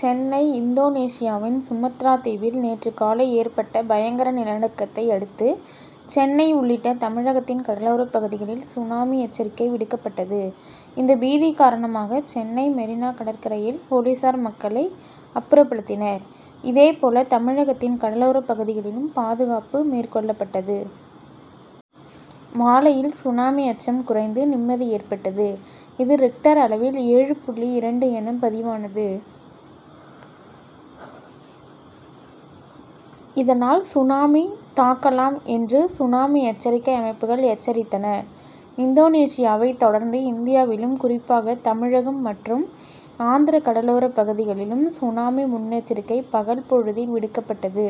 சென்னை இந்தோனேசியாவின் சுமத்ரா தீவில் நேற்று காலை ஏற்பட்ட பயங்கர நிலநடுக்கத்தை அடுத்து சென்னை உள்ளிட்ட தமிழகத்தின் கடலோர பகுதிகளில் சுனாமி எச்சரிக்கை விடுக்கப்பட்டது. இந்த பீதி காரணமாக சென்னை மெரீனா கடற்கரையில் போலீசார் மக்களை அப்புறப்படுத்தினர். இதே போல தமிழகத்தின் கடலோரப் பகுதிகளிலும் பாதுகாப்பு மேற்கொள்ளப்பட்டது. மாலையில் சுனாமி அச்சம் குறைந்து நிம்மதி ஏற்பட்டது. இது ரிக்டர் அளவில் ஏழு புள்ளி இரண்டு என பதிவானது. இதனால் சுனாமி தாக்கலாம் என்று சுனாமி எச்சரிக்கை அமைப்புகள் எச்சரித்தன. இந்தோனேசியாவை தொடர்ந்து இந்தியாவிலும் குறிப்பாக தமிழகம் மற்றும் ஆந்திர கடலோரப் பகுதிகளிலும் சுனாமி முன்னெச்சரிக்கை பகல் பொழுதில் விடுக்கப்பட்டது.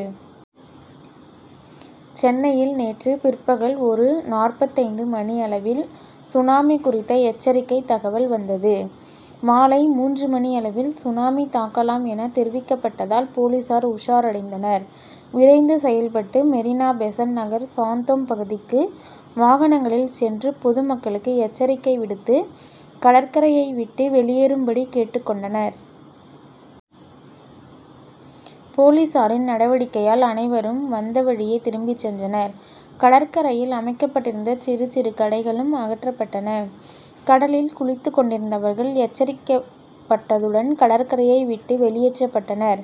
சென்னையில் நேற்று பிற்பகல் ஒரு நாற்பத்தைந்து மணியளவில் சுனாமி குறித்த எச்சரிக்கை தகவல் வந்தது. மாலை மூன்று மணியளவில் சுனாமி தாக்கலாம் என தெரிவிக்கப்பட்டதால் போலீசார் உஷாரடைந்தனர். விரைந்து செயல்பட்டு மெரீனா பெசன்ட்நகர் சாந்தோம் பகுதிக்கு வாகனங்களில் சென்று பொதுமக்களுக்கு எச்சரிக்கை விடுத்து கடற்கரையை விட்டு வெளியேறும்படி கேட்டுக் கொண்டனர். போலீசாரின் நடவடிக்கையால் அனைவரும் வந்தவழியே திரும்பிச் சென்றனர். கடற்கரையில் அமைக்கப்பட்டிருந்த சிறு சிறு கடைகளும் அகற்றப்பட்டன. கடலில் குளித்துக் கொண்டிருந்தவர்கள் எச்சரிக்கப்பட்டதுடன் கடற்கரையை விட்டு வெளியேற்றப்பட்டனர்.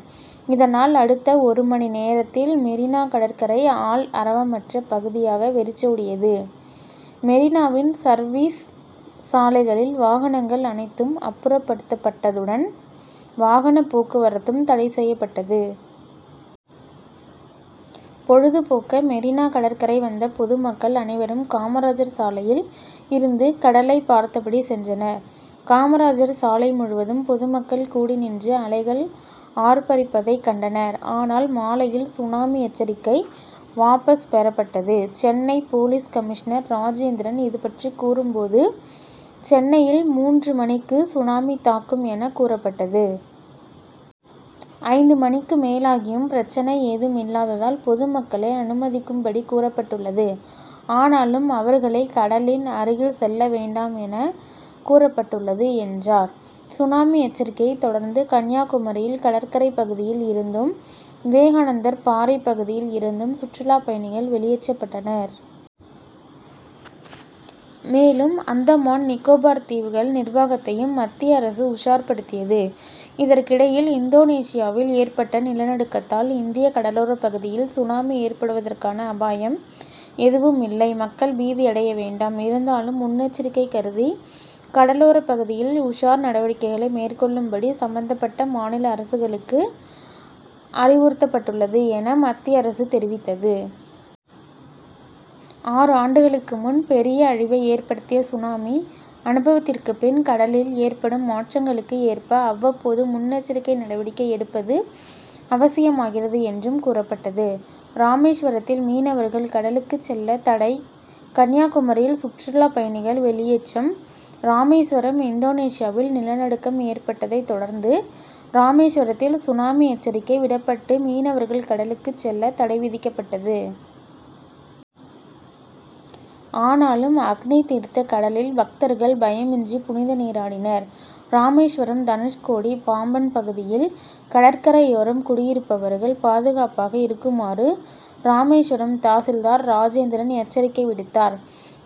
இதனால் அடுத்த ஒரு மணி நேரத்தில் மெரீனா கடற்கரை ஆள் அரவமற்ற பகுதியாக வெறிச்சோடியது. மெரீனாவின் சர்வீஸ் சாலைகளில் வாகனங்கள் அனைத்தும் அப்புறப்படுத்தப்பட்டதுடன் வாகன போக்குவரத்தும் தடைசெய்யப்பட்டது. பொழுதுபோக்க மெரீனா கடற்கரை வந்த பொதுமக்கள் அனைவரும் காமராஜர் சாலையில் இருந்து கடலை பார்த்தபடி சென்றனர். காமராஜர் சாலை முழுவதும் பொதுமக்கள் கூடி நின்று அலைகள் ஆர்ப்பரிப்பதைக் கண்டனர். ஆனால் மாலையில் சுனாமி எச்சரிக்கை வாபஸ் பெறப்பட்டது. சென்னை போலீஸ் கமிஷனர் ராஜேந்திரன் இதுபற்றி கூறும் போது சென்னையில் மூன்று மணிக்கு சுனாமி தாக்கும் என கூறப்பட்டது. ஐந்து மணிக்கு மேலாகியும் பிரச்சனை ஏதும் இல்லாததால் பொதுமக்களை அனுமதிக்கும் படி கூறப்பட்டுள்ளது. ஆனாலும் அவர்களை கடலின் அருகில் செல்ல வேண்டாம் என கூறப்பட்டுள்ளது என்றார். சுனாமி எச்சரிக்கையை தொடர்ந்து கன்னியாகுமரியில் கடற்கரை பகுதியில் இருந்தும் விவேகானந்தர் பாறை பகுதியில் இருந்தும் சுற்றுலாப் பயணிகள் வெளியேற்றப்பட்டனர். மேலும் அந்தமான் நிகோபர் தீவுகள் நிர்வாகத்தையும் மத்திய அரசு உஷார்படுத்தியது. இதற்கிடையில் இந்தோனேசியாவில் ஏற்பட்ட நிலநடுக்கத்தால் இந்திய கடலோர பகுதிகளில் சுனாமி ஏற்படுவதற்கான அபாயம் எதுவும் இல்லை. மக்கள் பீதி அடைய வேண்டாம். இருந்தாலும் முன்னெச்சரிக்கை கருதி கடலோர பகுதிகளில் உஷார் நடவடிக்கைகளை மேற்கொள்ளும்படி சம்பந்தபட்ட மாநில அரசுகளுக்கு அறிவுறுத்தப்பட்டுள்ளது என மத்திய அரசு தெரிவித்தது. ஆறு ஆண்டுகளுக்கு முன் பெரிய அழிவை ஏற்படுத்திய சுனாமி அனுபவத்திற்குப் பின் கடலில் ஏற்படும் மாற்றங்களுக்கு ஏற்ப அவ்வப்போது முன்னெச்சரிக்கை நடவடிக்கை எடுப்பது அவசியமாகிறது என்றும் கூறப்பட்டது. ராமேஸ்வரத்தில் மீனவர்கள் கடலுக்கு செல்ல தடை கன்னியாகுமரியில் சுற்றுலா பயணிகள் வெளியேற்றம் ராமேஸ்வரம் இந்தோனேசியாவில் நிலநடுக்கம் ஏற்பட்டதை தொடர்ந்து ராமேஸ்வரத்தில் சுனாமி எச்சரிக்கை விடப்பட்டு மீனவர்கள் கடலுக்கு செல்ல தடை விதிக்கப்பட்டது. ஆனாலும் அக்னிதீர்த்த கடலில் பக்தர்கள் பயமின்றி புனித நீராடினர். ராமேஸ்வரம் தனுஷ்கோடி பாம்பன் பகுதியில் கடற்கரையோரம் குடியிருப்பவர்கள் பாதுகாப்பாக இருக்குமாறு ராமேஸ்வரம் தாசில்தார் ராஜேந்திரன் எச்சரிக்கை விடுத்தார்.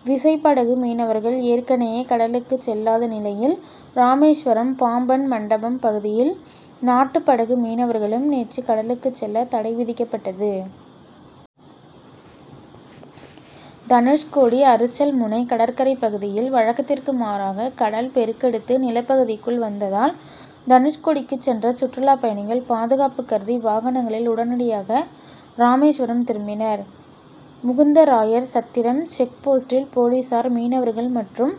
விசைப்படகு மீனவர்கள் ஏற்கனயெ கடலுக்கு செல்லாத நிலையில் ராமேஸ்வரம் பாம்பன் மண்டபம் பகுதியில் நாட்டுப்படகு மீனவர்களும் நேற்று கடலுக்கு செல்ல தடை விதிக்கப்பட்டது. தனுஷ்கோடி அரிச்சல்முனை கடற்கரை பகுதியில் வழக்கத்திற்கு மாறாக கடல் பெருக்கெடுத்து நிலப்பகுதிக்குள் வந்ததால் தனுஷ்கோடிக்கு சென்ற சுற்றுலாப் பயணிகள் பாதுகாப்பு கருதி வாகனங்களில் உடனடியாக ராமேஸ்வரம் திரும்பினர். முகுந்தராயர் சத்திரம் செக் போஸ்டில் போலீசார் மீனவர்கள் மற்றும்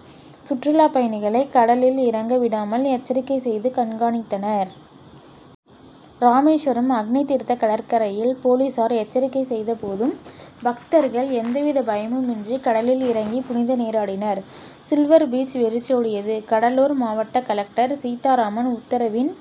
சுற்றுலாப் பயணிகளை கடலில் இறங்க விடாமல் எச்சரிக்கை செய்து கண்காணித்தனர். ராமேஸ்வரம் அக்னிதீர்த்த கடற்கரையில் போலீசார் எச்சரிக்கை செய்த போதும் பக்தர்கள் எவ்வித பயமுமின்றி கடலில் இறங்கி புனித நீராடினர். சில்வர் பீச் வெறிச்சோடியது கடலூர் மாவட்ட கலெக்டர் சீத்தாராமன் உத்தரவின்